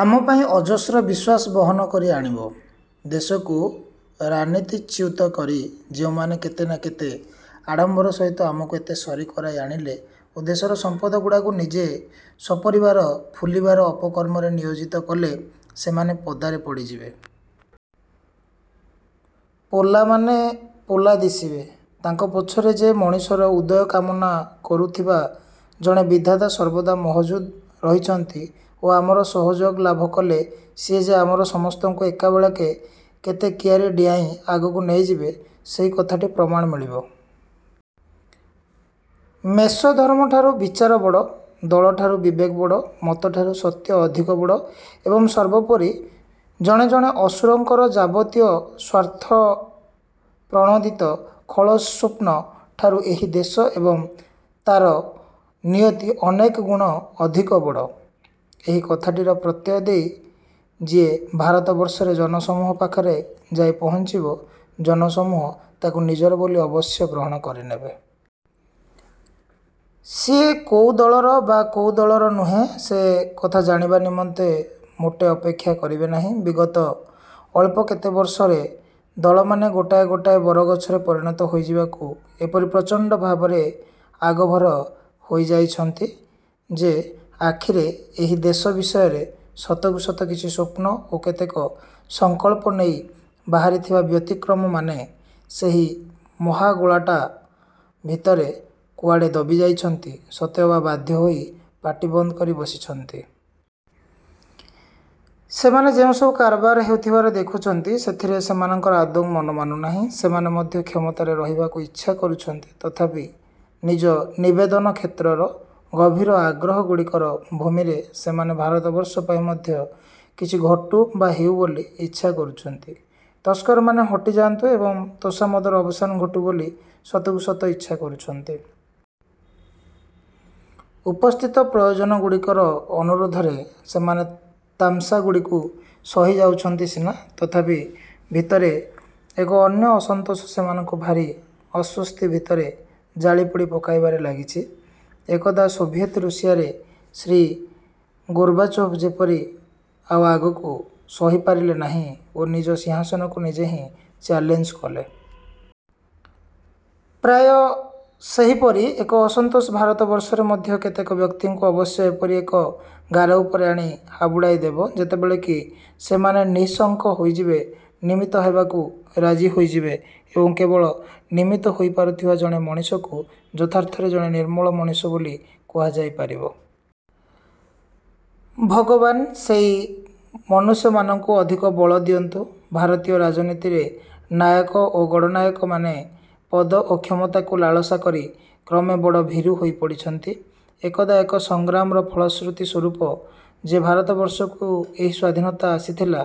ଆମ ପାଇଁ ଅଯସ୍ର ବିଶ୍ୱାସ ବହନ କରି ଆଣିବ। ଦେଶକୁ ରାନୀତିଚ୍ୟୁତ କରି ଯେଉଁମାନେ କେତେ ନା କେତେ ଆଡ଼ମ୍ବର ସହିତ ଆମକୁ ଏତେ ସରି କରାଇ ଆଣିଲେ ଓ ଦେଶର ସମ୍ପଦଗୁଡ଼ାକୁ ନିଜେ ସପରିବାର ଫୁଲିବାର ଅପକର୍ମରେ ନିୟୋଜିତ କଲେ ସେମାନେ ପଦାରେ ପଡ଼ିଯିବେ। ପୋଲାମାନେ ପୋଲା ଦିଶିବେ। ତାଙ୍କ ପଛରେ ଯେ ମଣିଷର ଉଦୟ କାମନା କରୁଥିବା ଜଣେ ବିଧାତା ସର୍ବଦା ମହଜୁଦ ରହିଛନ୍ତି ଓ ଆମର ସହଯୋଗ ଲାଭ କଲେ ସିଏ ଯେ ଆମ ସମସ୍ତଙ୍କୁ ଏକାବେଳେକେ କେତେ କିଆରୀ ଡ଼ିଆଁଇ ଆଗକୁ ନେଇଯିବେ ସେହି କଥାଟିର ପ୍ରମାଣ ମିଳିବ। ମେଷଧର୍ମ ଠାରୁ ବିଚାର ବଡ଼, ଦଳ ଠାରୁ ବିବେକ ବଡ଼, ମତ ଠାରୁ ସତ୍ୟ ଅଧିକ ବଡ଼ ଏବଂ ସର୍ବୋପରି ଜଣେ ଜଣେ ଅସୁରଙ୍କର ଯାବତୀୟ ସ୍ୱାର୍ଥପ୍ରଣୋଦିତ ଖଳସ୍ୱପ୍ନ ଠାରୁ ଏହି ଦେଶ ଏବଂ ତାର ନିୟତି ଅନେକଗୁଣ ଅଧିକ ବଡ଼, ଏହି କଥାଟିର ପ୍ରତ୍ୟୟ ଦେଇ ଯିଏ ଭାରତବର୍ଷରେ ଜନସମୂହ ପାଖରେ ଯାଇ ପହଞ୍ଚିବ, ଜନସମୂହ ତାକୁ ନିଜର ବୋଲି ଅବଶ୍ୟ ଗ୍ରହଣ କରିନେବେ। ସିଏ କୋଉ ଦଳର ବା କୋଉ ଦଳର ନୁହେଁ ସେ କଥା ଜାଣିବା ନିମନ୍ତେ ମୋଟେ ଅପେକ୍ଷା କରିବେ ନାହିଁ। ବିଗତ ଅଳ୍ପ କେତେ ବର୍ଷରେ ଦଳମାନେ ଗୋଟାଏ ଗୋଟାଏ ବରଗଛରେ ପରିଣତ ହୋଇଯିବାକୁ ଏପରି ପ୍ରଚଣ୍ଡ ଭାବରେ ଆଗଭର ହୋଇଯାଇଛନ୍ତି ଯେ ଆଖିରେ ଏହି ଦେଶ ବିଷୟରେ ସତକୁ ସତ କିଛି ସ୍ୱପ୍ନ ଓ କେତେକ ସଂକଳ୍ପ ନେଇ ବାହାରିଥିବା ବ୍ୟତିକ୍ରମମାନେ ସେହି ମହାଗୋଳଟା ଭିତରେ କୁଆଡ଼େ ଦବି ଯାଇଛନ୍ତି, ସତେଅବା ବାଧ୍ୟ ହୋଇ ପାଟି ବନ୍ଦ କରି ବସିଛନ୍ତି। ସେମାନେ ଯେଉଁସବୁ କାରବାର ହେଉଥିବାର ଦେଖୁଛନ୍ତି, ସେଥିରେ ସେମାନଙ୍କର ଆଦୌ ମନ ମାନୁନାହିଁ। ସେମାନେ ମଧ୍ୟ କ୍ଷମତାରେ ରହିବାକୁ ଇଚ୍ଛା କରୁଛନ୍ତି ତଥାପି ନିଜ ନିବେଦନ କ୍ଷେତ୍ରର ଗଭୀର ଆଗ୍ରହଗୁଡ଼ିକର ଭୂମିରେ ସେମାନେ ଭାରତବର୍ଷ ପାଇଁ ମଧ୍ୟ କିଛି ଘଟୁ ବା ହେଉ ବୋଲି ଇଚ୍ଛା କରୁଛନ୍ତି, ତସ୍କରମାନେ ହଟିଯାଆନ୍ତୁ ଏବଂ ତୋଷାମଦର ଅବସାନ ଘଟୁ ବୋଲି ସତକୁ ସତ ଇଚ୍ଛା କରୁଛନ୍ତି। ଉପସ୍ଥିତ ପ୍ରୟୋଜନଗୁଡ଼ିକର ଅନୁରୋଧରେ ସେମାନେ ତାମସାଗୁଡ଼ିକୁ ସହି ଯାଉଛନ୍ତି ସିନା ତଥାପି ଭିତରେ ଏକ ଅନ୍ୟ ଅସନ୍ତୋଷ ସେମାନଙ୍କୁ ଭାରି ଅଶ୍ୱସ୍ତି ଭିତରେ ଜାଳି ପୋଡ଼ି ପକାଇବାରେ ଲାଗିଛି। ଏକଦା ସୋଭିଏତ୍ ଋଷିଆରେ ଶ୍ରୀ ଗୋର୍ବାଚୋଭ୍ ଯେପରି ଆଉ ଆଗକୁ ସହି ପାରିଲେ ନାହିଁ ଓ ନିଜ ସିଂହାସନକୁ ନିଜେ ହିଁ ଚ୍ୟାଲେଞ୍ଜ କଲେ। ପ୍ରାୟ ସେହିପରି ଏକ ଅସନ୍ତୋଷ ଭାରତବର୍ଷରେ ମଧ୍ୟ କେତେକ ବ୍ୟକ୍ତିଙ୍କୁ ଅବଶ୍ୟ ଏପରି ଏକ ଗାର ଉପରେ ଆଣି ହାବୁଡ଼ାଇ ଦେବ, ଯେତେବେଳେ କି ସେମାନେ ନିଃଶଙ୍କ ହୋଇଯିବେ, ନିମିତ୍ତ ହେବାକୁ ରାଜି ହୋଇଯିବେ। ଏବଂ କେବଳ ନିମିତ୍ତ ହୋଇପାରୁଥିବା ଜଣେ ମଣିଷକୁ ଯଥାର୍ଥରେ ଜଣେ ନିର୍ମଳ ମଣିଷ ବୋଲି କୁହାଯାଇ ପାରିବ। ଭଗବାନ ସେହି ମନୁଷ୍ୟମାନଙ୍କୁ ଅଧିକ ବଳ ଦିଅନ୍ତୁ। ଭାରତୀୟ ରାଜନୀତିରେ ନାୟକ ଓ ଗଡ଼ନାୟକମାନେ ପଦ ଓ କ୍ଷମତାକୁ ଲାଳସା କରି କ୍ରମେ ବଡ଼ ଭୀରୁ ହୋଇ ପଡ଼ିଛନ୍ତି। ଏକଦା ଏକ ସଂଗ୍ରାମର ଫଳଶ୍ରୁତି ସ୍ୱରୂପ ଯେ ଭାରତବର୍ଷକୁ ଏହି ସ୍ଵାଧୀନତା ଆସିଥିଲା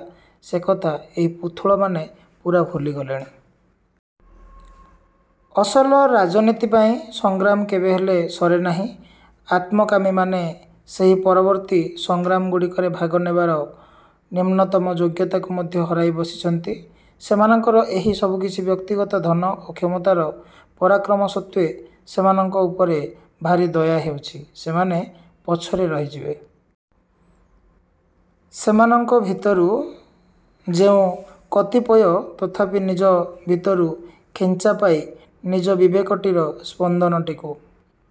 ସେ କଥା ଏହି ପୃଥୁଳମାନେ ପୂରା ଭୁଲିଗଲେଣି। ଅସଲ ରାଜନୀତି ପାଇଁ ସଂଗ୍ରାମ କେବେହେଲେ ସରେନାହିଁ। ଆତ୍ମକାମୀମାନେ ସେହି ପରବର୍ତ୍ତୀ ସଂଗ୍ରାମଗୁଡ଼ିକରେ ଭାଗ ନେବାର ନିମ୍ନତମ ଯୋଗ୍ୟତାକୁ ମଧ୍ୟ ହରାଇ ବସିଛନ୍ତି। ସେମାନଙ୍କର ଏହି ସବୁକିଛି ବ୍ୟକ୍ତିଗତ ଧନ ଓ କ୍ଷମତାର ପରାକ୍ରମ ସତ୍ତ୍ୱେ ସେମାନଙ୍କ ଉପରେ ଭାରି ଦୟା ହେଉଛି। ସେମାନେ ପଛରେ ରହିଯିବେ। ସେମାନଙ୍କ ଭିତରୁ ଯେଉଁ କତିପୟ ତଥାପି ନିଜ ଭିତରୁ ଖେଞ୍ଚା ପାଇ ନିଜ ବିବେକଟିର ସ୍ପନ୍ଦନଟିକୁ